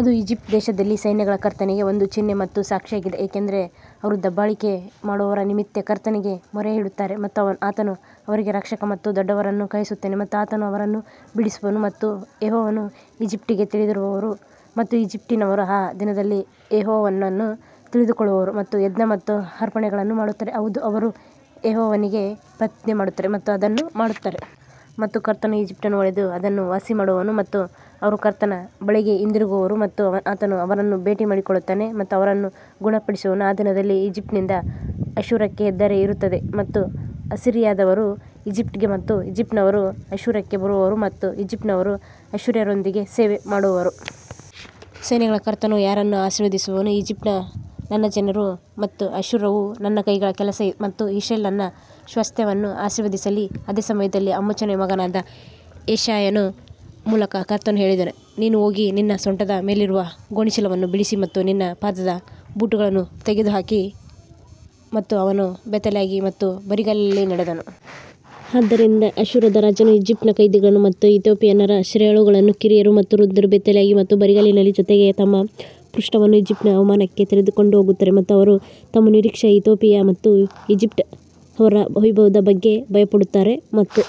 ಅದು ಈಜಿಪ್ಟ್ ದೇಶದಲ್ಲಿ ಸೈನ್ಯಗಳ ಕರ್ತನಿಗೆ ಒಂದು ಚಿಹ್ನೆ ಮತ್ತು ಸಾಕ್ಷಿಯಾಗಿದೆ ಏಕೆಂದರೆ ಅವರು ದಬ್ಬಾಳಿಕೆ ಮಾಡುವವರ ನಿಮಿತ್ತ ಕರ್ತನಿಗೆ ಮೊರೆಯಿಡುತ್ತಾರೆ ಮತ್ತು ಆತನು ಅವರಿಗೆ ರಕ್ಷಕ ಮತ್ತು ದೊಡ್ಡವರನ್ನು ಕಳುಹಿಸುತ್ತಾನೆ ಮತ್ತು ಆತನು ಅವರನ್ನು ಬಿಡಿಸುವನು. ಮತ್ತು ಯೆಹೋವನು ಈಜಿಪ್ಟಿಗೆ ತಿಳಿದಿರುವರು ಮತ್ತು ಈಜಿಪ್ಟಿನವರು ಆ ದಿನದಲ್ಲಿ ಯೆಹೋವನನ್ನು ತಿಳಿದುಕೊಳ್ಳುವರು ಮತ್ತು ಯಜ್ಞ ಮತ್ತು ಅರ್ಪಣೆಗಳನ್ನು ಮಾಡುತ್ತಾರೆ, ಹೌದು ಅವರು ಯೆಹೋವನಿಗೆ ಪ್ರತಿಜ್ಞೆ ಮಾಡುತ್ತಾರೆ ಮತ್ತು ಅದನ್ನು ಮಾಡುತ್ತಾರೆ. ಮತ್ತು ಕರ್ತನು ಈಜಿಪ್ಟನ್ನು ಹೊಡೆದು ಅದನ್ನು ವಾಸಿಮಾಡುವನು ಮತ್ತು ಅವರು ಕರ್ತನ ಬಳಿಗೆ ಹಿಂದಿರುಗುವರು ಮತ್ತು ಆತನು ಅವರನ್ನು ಬೇಡಿಕೊಳ್ಳುತ್ತಾನೆ ಮತ್ತು ಅವರನ್ನು ಗುಣಪಡಿಸುವನು. ಆ ದಿನದಲ್ಲಿ ಈಜಿಪ್ಟ್ನಿಂದ ಅಶ್ಶೂರಕ್ಕೆ ಹೆದ್ದಾರಿ ಇರುತ್ತದೆ ಮತ್ತು ಅಸಿರಿಯಾದವರು ಈಜಿಪ್ಟ್ಗೆ ಮತ್ತು ಈಜಿಪ್ಟಿನವರು ಅಶ್ಶೂರಕ್ಕೆ ಬರುವರು ಮತ್ತು ಈಜಿಪ್ಟಿನವರು ಅಶ್ಶೂರ್ಯರೊಂದಿಗೆ ಸೇವೆ ಮಾಡುವರು. ಸೈನ್ಯಗಳ ಕರ್ತನು ಯಾರನ್ನು ಆಶೀರ್ವದಿಸುವನು, ಈಜಿಪ್ಟ್ ನನ್ನ ಜನರು ಮತ್ತು ಅಶ್ಶೂರವು ನನ್ನ ಕೈಗಳ ಕೆಲಸ ಮತ್ತು ಇಸ್ರೇಲ್ ನನ್ನ ಸ್ವಾಸ್ತ್ಯವನ್ನು ಆಶೀರ್ವದಿಸಲಿ ಅದೇ ಸಮಯದಲ್ಲಿ ಆಮೋಚನ ಮಗನಾದ ಯೆಶಾಯನ ಮೂಲಕ ಕರ್ತನು ಹೇಳಿದನು, ನೀನು ಹೋಗಿ ನಿನ್ನ ಸೊಂಟದ ಮೇಲಿರುವ ಗೋಣಿಚೀಲವನ್ನು ಬಿಡಿಸಿ ಮತ್ತು ನಿನ್ನ ಪಾದದ ಬೂಟುಗಳನ್ನು ತೆಗೆದುಹಾಕಿ ಮತ್ತು ಅವನು ಬೆತ್ತಲೆಯಾಗಿ ಮತ್ತು ಬರಿಗಾಲಿನಲ್ಲಿ ನಡೆದನು. ಆದ್ದರಿಂದ ಅಶ್ಶೂರದ ರಾಜನು ಈಜಿಪ್ಟಿನ ಕೈದಿಗಳನ್ನು ಮತ್ತು ಇಥಿಯೋಪಿಯನ್ನರ ಸೆರೆಯಾಳುಗಳನ್ನು ಕಿರಿಯರು ಮತ್ತು ವೃದ್ಧರು ಬೆತ್ತಲೆಯಾಗಿ ಮತ್ತು ಬರಿಗಾಲಿನ ಜೊತೆಗೆ ತಮ್ಮ ಪೃಷ್ಠವನ್ನು ಈಜಿಪ್ಟಿನ ಅವಮಾನಕ್ಕೆ ತೆರೆದುಕೊಂಡು ಹೋಗುತ್ತಾರೆ. ಮತ್ತು ಅವರು ತಮ್ಮ ನಿರೀಕ್ಷೆಯ ಇಥಿಯೋಪಿಯಾ ಮತ್ತು ಈಜಿಪ್ಟ್ ಅವರ ವೈಭವದ ಬಗ್ಗೆ ಭಯಪಡುತ್ತಾರೆ ಮತ್ತು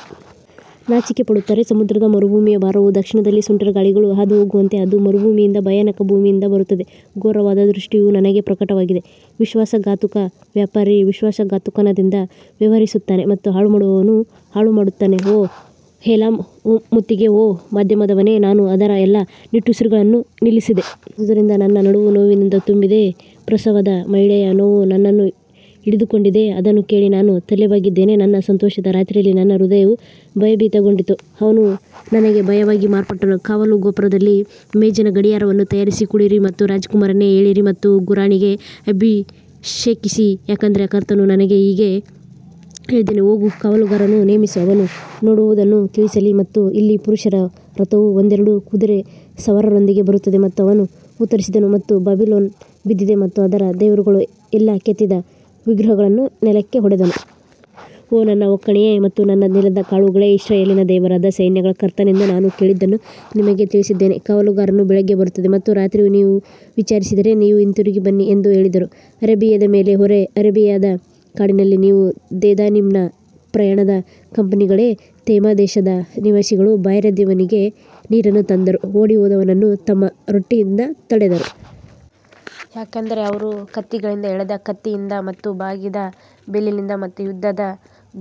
ನಾಚಿಕೆಪಡುತ್ತಾರೆ ಸಮುದ್ರದ ಮರುಭೂಮಿಯ ಭಾರವು ದಕ್ಷಿಣದಲ್ಲಿ ಸುಂಟರಗಾಳಿಗಳು ಹಾದುಹೋಗುವಂತೆ ಅದು ಮರುಭೂಮಿಯಿಂದ ಭಯಾನಕ ಭೂಮಿಯಿಂದ ಬರುತ್ತದೆ ಘೋರವಾದ ದೃಷ್ಟಿಯು ನನಗೆ ಪ್ರಕಟವಾಗಿದೆ ವಿಶ್ವಾಸಘಾತುಕ ವ್ಯಾಪಾರಿ ವಿಶ್ವಾಸಘಾತುಕತನದಿಂದ ವ್ಯವಹರಿಸುತ್ತಾನೆ ಮತ್ತು ಹಾಳುಮಾಡುವವನು ಹಾಳುಮಾಡುತ್ತಾನೆ ಓ ಏಲಾಮ್ ಮುತ್ತಿಗೆ ಓ ಮಾಧ್ಯಮದವನೇ ನಾನು ಅದರ ಎಲ್ಲಾ ನಿಟ್ಟುಸಿರುಗಳನ್ನು ನಿಲ್ಲಿಸಿದೆ ಆದುದರಿಂದ ನನ್ನ ನಡುವು ನೋವಿನಿಂದ ತುಂಬಿದೆ, ಪ್ರಸವವಾದ ಮಹಿಳೆಯ ನೋವು ನನ್ನನ್ನು ಹಿಡಿದಿಟ್ಟುಕೊಂಡಿದೆ, ಅದನ್ನು ಕೇಳಿ ನಾನು ತಲೆಬಾಗಿದ್ದೇನೆ ನನ್ನ ಸಂತೋಷದ ರಾತ್ರಿಯಲ್ಲಿ ನನ್ನ ಹೃದಯವು ಭಯಭೀತಗೊಂಡಿತು, ಅವನು ನನಗೆ ಭಯವಾಗಿ ಮಾರ್ಪಟ್ಟನು ಕಾವಲುಗೋಪುರದಲ್ಲಿ ಮೇಜಿನ ಗಡಿಯಾರವನ್ನು ತಯಾರಿಸಿ ಕುಡಿಯಿರಿ ಮತ್ತು ರಾಜಕುಮಾರರೇ ಏಳಿರಿ ಮತ್ತು ಗುರಾಣಿಗೆ ಅಭಿಷೇಕಿಸಿ ಯಾಕಂದರೆ ಕರ್ತನು ನನಗೆ ಹೀಗೆ ಹೇಳಿದ್ದಾನೆ, ಹೋಗು ಕಾವಲುಗಾರನನ್ನು ನೇಮಿಸು ಅವನು ನೋಡುವದನ್ನು ತಿಳಿಸಲಿ ಮತ್ತು ಇಲ್ಲಿ ಪುರುಷರ ರಥವು ಒಂದೆರಡು ಕುದುರೆ ಸವಾರರೊಂದಿಗೆ ಬರುತ್ತದೆ ಮತ್ತು ಅವನು ಉತ್ತರಿಸಿದನು ಮತ್ತು ಬಾಬಿಲೋನ್ ಬಿದ್ದಿದೆ ಮತ್ತು ಅದರ ದೇವರುಗಳ ಎಲ್ಲಾ ಕೆತ್ತಿದ ವಿಗ್ರಹಗಳನ್ನು ನೆಲಕ್ಕೆ ಒಡೆದನು. ಓ ನನ್ನ ಒಕ್ಕಣೆಯೇ ಮತ್ತು ನನ್ನ ನೆಲದ ಕಾಳುಗಳೇ, ಇಸ್ರಾಯೇಲಿನ ದೇವರಾದ ಸೈನ್ಯಗಳ ಕರ್ತನಿಂದ ನಾನು ಕೇಳಿದ್ದನ್ನು ನಿಮಗೆ ತಿಳಿಸಿದ್ದೇನೆ. ಕಾವಲುಗಾರನು ಬೆಳಿಗ್ಗೆ ಬರುತ್ತದೆ ಮತ್ತು ರಾತ್ರಿಯೂ ನೀವು ವಿಚಾರಿಸಿದರೆ ನೀವು ಹಿಂತಿರುಗಿ ಬನ್ನಿ ಎಂದು ಹೇಳಿದರು ಅರೇಬಿಯಾದ ಮೇಲೆ ಹೊರೆ ಅರೇಬಿಯಾದ ಕಾಡಿನಲ್ಲಿ ನೀವು ದೆದಾನಿಮ್ನ ಪ್ರಯಾಣದ ಕಂಪನಿಗಳೇ ತೇಮಾ ದೇಶದ ನಿವಾಸಿಗಳು ಬಾಯಾರಿದವನಿಗೆ ನೀರನ್ನು ತಂದರು, ಓಡಿಹೋದವನನ್ನು ತಮ್ಮ ರೊಟ್ಟಿಯಿಂದ ತಡೆದರು. ಯಾಕಂದರೆ ಅವರು ಕತ್ತಿಗಳಿಂದ ಎಳೆದ ಕತ್ತಿಯಿಂದ ಮತ್ತು ಬಾಗಿದ ಬಿಲ್ಲಿನಿಂದ ಮತ್ತು ಯುದ್ಧದ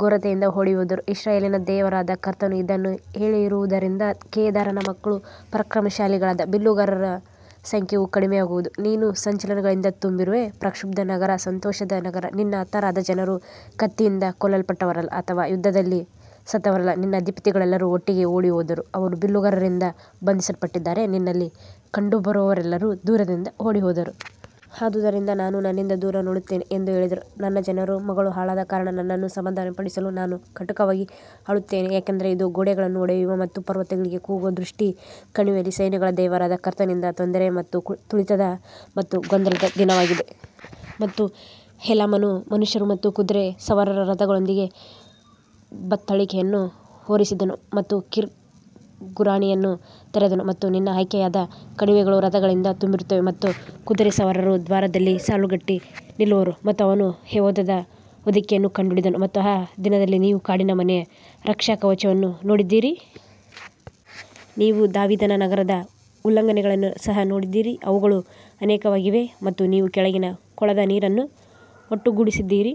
ಘೋರತೆಯಿಂದ ಓಡಿಹೋದರು. ಇಸ್ರಾಯೇಲಿನ ದೇವರಾದ ಕರ್ತನು ಇದನ್ನು ಹೇಳಿರುವದರಿಂದ ಕೇದಾರನ ಮಕ್ಕಳ ಪರಾಕ್ರಮಶಾಲಿಗಳಾದ ಬಿಲ್ಲುಗಾರರ ಸಂಖ್ಯೆಯು ಕಡಿಮೆಯಾಗುವದು. ನೀನು ಸಂಚಲನಗಳಿಂದ ತುಂಬಿರುವೆ, ಪ್ರಕ್ಷುಬ್ಧ ನಗರ, ಸಂತೋಷದ ನಗರ, ನಿನ್ನ ಹತರಾದ ಜನರು ಕತ್ತಿಯಿಂದ ಕೊಲ್ಲಲ್ಪಟ್ಟವರಲ್ಲ ಅಥವಾ ಯುದ್ಧದಲ್ಲಿ ಸತ್ತವರಲ್ಲ ನಿನ್ನ ಅಧಿಪತಿಗಳೆಲ್ಲರೂ ಒಟ್ಟಿಗೆ ಓಡಿಹೋದರು ಅವರು ಬಿಲ್ಲುಗಾರರಿಂದ ಬಂಧಿಸಲ್ಪಟ್ಟಿದ್ದಾರೆ, ನಿನ್ನಲ್ಲಿ ಕಂಡುಬರುವವರೆಲ್ಲರೂ ದೂರದಿಂದ ಓಡಿಹೋದರು. ಆದುದರಿಂದ ನಾನು ನನ್ನಿಂದ ದೂರ ನೋಡುತ್ತೇನೆ ಎಂದು ಹೇಳಿದರು, ನನ್ನ ಜನರ ಮಗಳು ಹಾಳಾದ ಕಾರಣ ನನ್ನನ್ನು ಸಮಾಧಾನಪಡಿಸಲು ನಾನು ಕಟುವಾಗಿ ಅಳುತ್ತೇನೆ. ಯಾಕಂದರೆ ಇದು ಗೋಡೆಗಳನ್ನು ಒಡೆಯುವ ಮತ್ತು ಪರ್ವತಗಳಿಗೆ ಕೂಗುವ ದೃಷ್ಟಿ ಕಣಿವೆಯಲ್ಲಿ ಸೈನ್ಯಗಳ ದೇವರಾದ ಕರ್ತನಿಂದ ತೊಂದರೆಯ ಮತ್ತು ತುಳಿತದ ಮತ್ತು ಗೊಂದಲದ ದಿನವಾಗಿದೆ. ಮತ್ತು ಏಲಾಮನು ಮನುಷ್ಯರು ಮತ್ತು ಕುದುರೆ ಸವಾರರ ರಥಗಳೊಂದಿಗೆ ಬತ್ತಳಿಕೆಯನ್ನು ಹೊರಿಸಿದನು ಮತ್ತು ಕೀರ್ ಗುರಾಣಿಯನ್ನು ತೆರೆದನು. ಮತ್ತು ನಿನ್ನ ಆಯ್ಕೆಯಾದ ಕಣಿವೆಗಳು ರಥಗಳಿಂದ ತುಂಬಿರುತ್ತವೆ ಮತ್ತು ಕುದುರೆ ಸವಾರರು ದ್ವಾರದಲ್ಲಿ ಸಾಲುಗಟ್ಟಿ ನಿಲ್ಲುವರು. ಮತ್ತು ಅವನು ಯೆಹೂದದ ಹೊದಿಕೆಯನ್ನು ಕಂಡುಹಿಡಿದನು ಮತ್ತು ಆ ದಿನದಲ್ಲಿ ನೀವು ಕಾಡಿನ ಮನೆಯ ರಕ್ಷಾಕವಚವನ್ನು ನೋಡಿದ್ದೀರಿ. ನೀವು ದಾವೀದನ ನಗರದ ಉಲ್ಲಂಘನೆಗಳನ್ನು ಸಹ ನೋಡಿದ್ದೀರಿ, ಅವುಗಳು ಅನೇಕವಾಗಿವೆ ಮತ್ತು ನೀವು ಕೆಳಗಿನ ಕೊಳದ ನೀರನ್ನು ಒಟ್ಟುಗೂಡಿಸಿದ್ದೀರಿ.